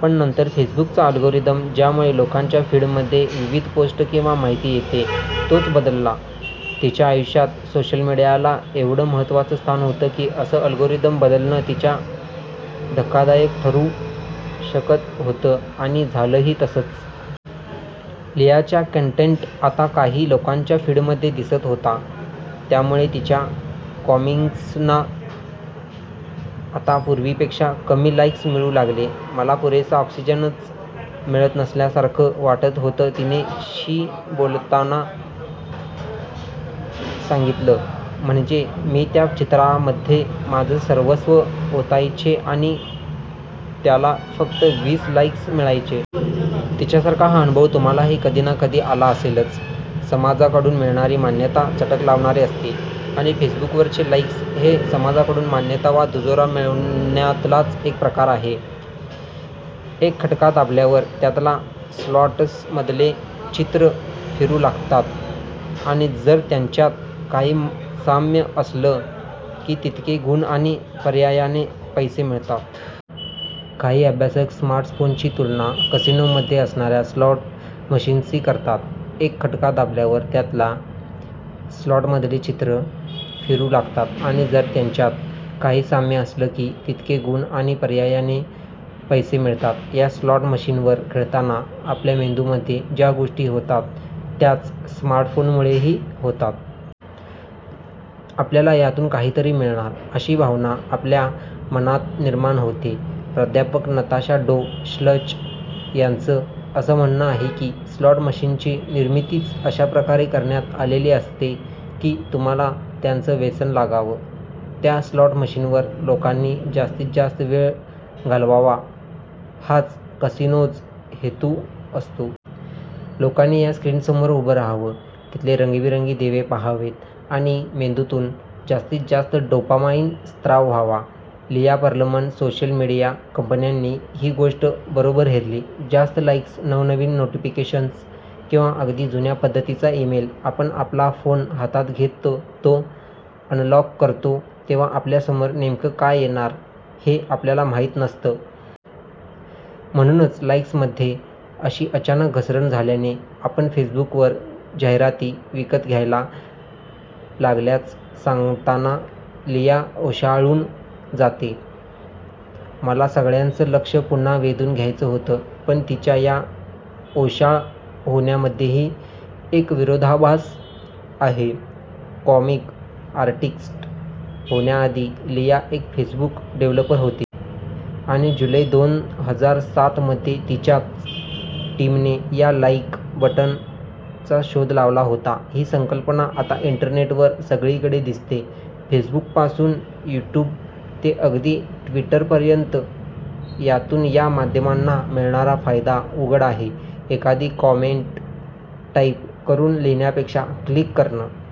पण नंतर फेसबुकचा अल्गोरिदम, ज्यामुळे लोकांच्या फीडमध्ये विविध पोस्ट किंवा माहिती येते, तोच बदलला. तिच्या आयुष्यात सोशल मीडियाला एवढं महत्त्वाचं स्थान होतं की असं अल्गोरिदम बदलणं तिच्या धक्कादायक ठरू शकत होतं. आणि झालंही तसंच. लियाचा कन्टेन्ट आता कमी लोकांच्या फीडमध्ये दिसत होता. त्यामुळे तिच्या कॉमिक्सना आता पूर्वीपेक्षा कमी 'लाईक्स' मिळू लागले. मला पुरेसा ऑक्सिजनच मिळत नसल्यासारखं वाटत होतं तिने. शी बोलताना सांगितलं. म्हणजे, मी त्या चित्रामध्ये माझं सर्वस्व ओतायचे आणि त्याला फक्त वीस लाईक्स मिळायचे. तिच्यासारखा हा अनुभव तुम्हालाही कधी ना कधी आला असेलच. समाजाकडून मिळणारी मान्यता चटक लावणारी असते. आणि फेसबुकवरचे 'लाईक्स' हे समाजाकडून मान्यता वा दुजोरा मिळण्यातलाच एक प्रकार आहे. एक खटका दाबल्यावर त्यातल्या स्लॉट्समधले चित्रं फिरू लागतात आणि जर त्यांच्यात काही साम्य असलं की तितके गुण आणि पर्यायाने पैसे मिळतात. काही अभ्यासक स्मार्टफोन्सची तुलना कसीनोमध्ये असणाऱ्या स्लॉट मशीन्सशी करतात. एक खटका दाबल्यावर त्यातल्या स्लॉट्समधले चित्रं फिरू लागतात आणि जर त्यांच्यात काही साम्य असलं की तितके गुण आणि पर्यायाने पैसे मिळतात. या स्लॉट मशीनवर खेळताना आपल्या मेंदूमध्ये ज्या गोष्टी होतात त्याच स्मार्टफोनमुळेही होतात. आपल्याला यातून काहीतरी मिळणार, अशी भावना आपल्या मनात निर्माण होते. प्राध्यापक नताशा डो श्चल यांचं असं म्हणणं आहे की स्लॉट मशीन्सची निर्मितीच अशा प्रकारे करण्यात आलेली असते, की तुम्हाला त्याचं व्यसन लागाव. त्या स्लॉट मशीनवर लोकांनी जास्तीत जास्त वेळ घालवावा हाच कसिनोज हेतू असतो. लोकांनी या स्क्रीन्ससमोर उभं रहावं, तिथले रंगीबेरंगी दिवे पाहावेत आणि मेंदूतून जास्तीत जास्त डोपामाईन स्त्राव व्हावा. लिया पर्लमन सोशल मीडिया कंपन्यांनी ही गोष्ट बरोबर हेरली. जास्त लाईक्स, नवनवीन नोटिफिकेशन्स किंवा अगदी जुन्या पद्धतीचा ईमेल आपण आपला फोन हातात घेत तो अनलॉक करतो तेव्हा आपल्यासमोर नेमकं काय येणार, हे आपल्याला माहीत नसतं. म्हणूनच लाईक्समध्ये अशी अचानक घसरण झाल्याने आपण फेसबुकवर जाहिराती विकत घ्यायला लागल्याचं सांगताना लिया ओशाळून जाते. मला सगळ्यांचं लक्ष पुन्हा वेधून घ्यायचं होतं. पण तिच्या या ओशाळं होण्यामध्येही एक विरोधाभास आहे. कॉमिक आर्टिस्ट होण्याआधी लिया एक फेसबुक डेव्हलपर होती. आणि जुलै दोन हजार सात मध्ये तिच्याच टीमने या 'लाईक बटन'चा शोध लावला होता. ही संकल्पना आता इंटरनेटवर सगळीकडे दिसते. फेसबुकपासून यूट्यूब ते अगदी ट्विटरपर्यंत. यातून या माध्यमांना मिळणारा फायदा उघड आहे. एखादी कॉमेंट टाईप करून लिहिण्यापेक्षा 'क्लिक' करणं